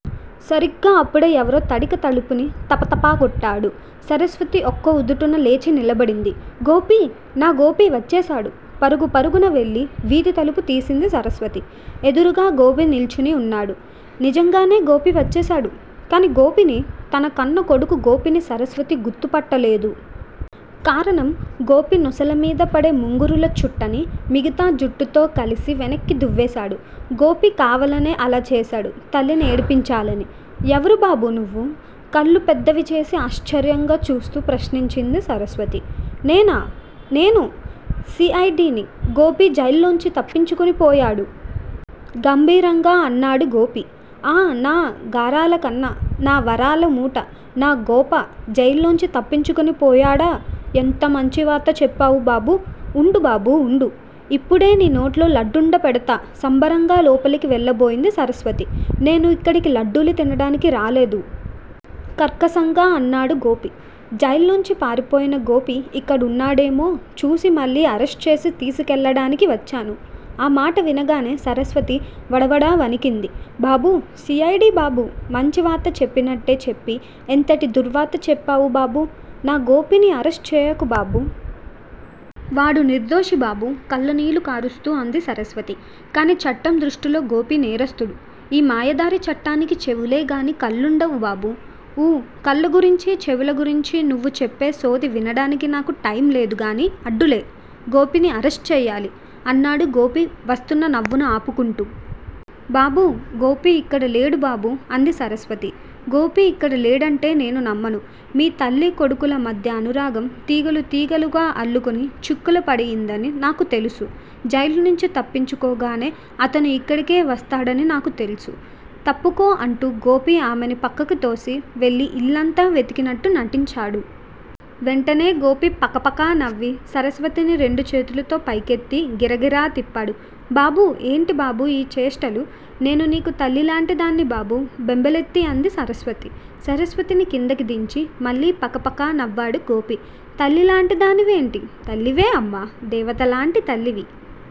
సరిగ్గా అప్పుడే ఎవరో తడిక తలుపుని తప తపా కొట్టాడు. సరస్వతి ఒక్క ఉదుటున లేచి నిలబడింది. గోపీ? నా గోపీ వచ్చేశాడు!! పరుగు పరుగున వెళ్ళి వీధి తలుపు తీసింది సరస్వతి. ఎదురుగా గోపి నిల్చుని ఉన్నాడు. నిజంగానే గోపి వచ్చేశాడు. కాని గోపిని, తన కన్నకొడుకు గోపిని సరస్వతి గుర్తు పట్టలేదు. కారణం గోపి నొసలుమీద పడే ముంగురుల చుట్టని మిగతా జుట్టుతో కలిసి వెనక్కి దువ్వేశాడు. గోపి కావాలనే అలాచేసాడు తల్లిని ఏడిపించాలని! ఎవరుబాబూ నువ్వు కళ్ళు పెద్దవిచేసి ఆశ్చర్యంగా చూస్తూ ప్రశ్నించింది సరస్వతి. నేనా? నేను సి. ఐ. డి. ని, గోపీ జైల్లోంచి తప్పించుకునిపోయాడు! గంభీరంగా అన్నాడు గోపి. ఆ. నా గారాలకన్న, నా వరాలమూట, నా గోప జైల్లోంచి తప్పించుకుని పోయాడా? ఎంత మంచి వార్త చెప్పావు బాబూ? ఉండు బాబూ ఉండు. ఇప్పుడే నీ నోట్లో లడ్డుండ పెడ్తా సంబరంగా లోపలికి వెళ్ళబోయింది సరస్వతి. నేను ఇక్కడికి లడ్డులు తినడానికి రాలేదు. కర్కశంగా అన్నాడు గోపి. జైల్లోంచి పారిపోయిన గోపి ఇక్కడ ఉన్నాడేమో చూసి మళ్ళీ అరెస్టుచేసి తీసుకెళ్ళడానికి వచ్చాను! ఆ మాట వినగానే సరస్వతి వడవడా వణికింది. బాబూ, సి. ఐ. డి. బాబూ. మంచివార్త చెప్పినట్టే చెప్పి ఎంతటి దుర్వార్త చెప్పావుబాబూ. నా గోపిని అరెస్టు చేయకు బాబూ. వాడు నిర్దోషి బాబూ కళ్ళనీళ్ళు కారుస్తూ అంది సరస్వతి. కానీ చట్టం దృష్టింలో గోపీ నేరస్థుడు. ఈ మాయదారి చట్టానికి చెవులేగానీ కళ్ళుండవు బాబూ. ఊ. కళ్ళగురించీ, చెవులగురించీ నువ్వు చెప్పేసోది వినడానికి నాకు టైంలేదుగానీ, అడ్డులే. గోపిని అరెస్టు చేయాలి! అన్నాడు గోపి వస్తున్న నవ్వును ఆపుకుంటూ. బాబూ! గోపి ఇక్కడలేడు బాబూ అంది సరస్వతి. గోపి ఇక్కడ లేడంటే నేను నమ్మను. మీ తల్లి కొడుకుల మధ్య అనురాగం తీగెలు తీగెలుగా అల్లుకొని చిక్కులుపడిపయిందని నాకు తెలుసు. జైలునుంచి తప్పించుకోగానే అతను ఇక్కడికే వస్తాడని నాకు తెల్సు. తప్పుకో అంటూ గోపి ఆమెని పక్కకితోసి వెళ్ళి ఇల్లంతా వెతికినట్టు నటించాడు. వెంటనే గోపి పకపకా నవ్వి సరస్వతిని రెండు చేతుల్తో పైకెత్తి గిరగిరా తిప్పాడు. బాబూ! ఏంటి బాబూ ఈచేష్టలూ. నేను నీకు తల్లిలాంటిదాన్ని బాబూ బెంబేలెత్తి అంది సరస్వతి. సరస్వతిని క్రిందకిదించి మళ్ళీ పకపకా నవ్వాడు గోపి. తల్లిలాంటిదానివి ఏంటి? తల్లివే అమ్మా. దేవతలాంటి తల్లివి!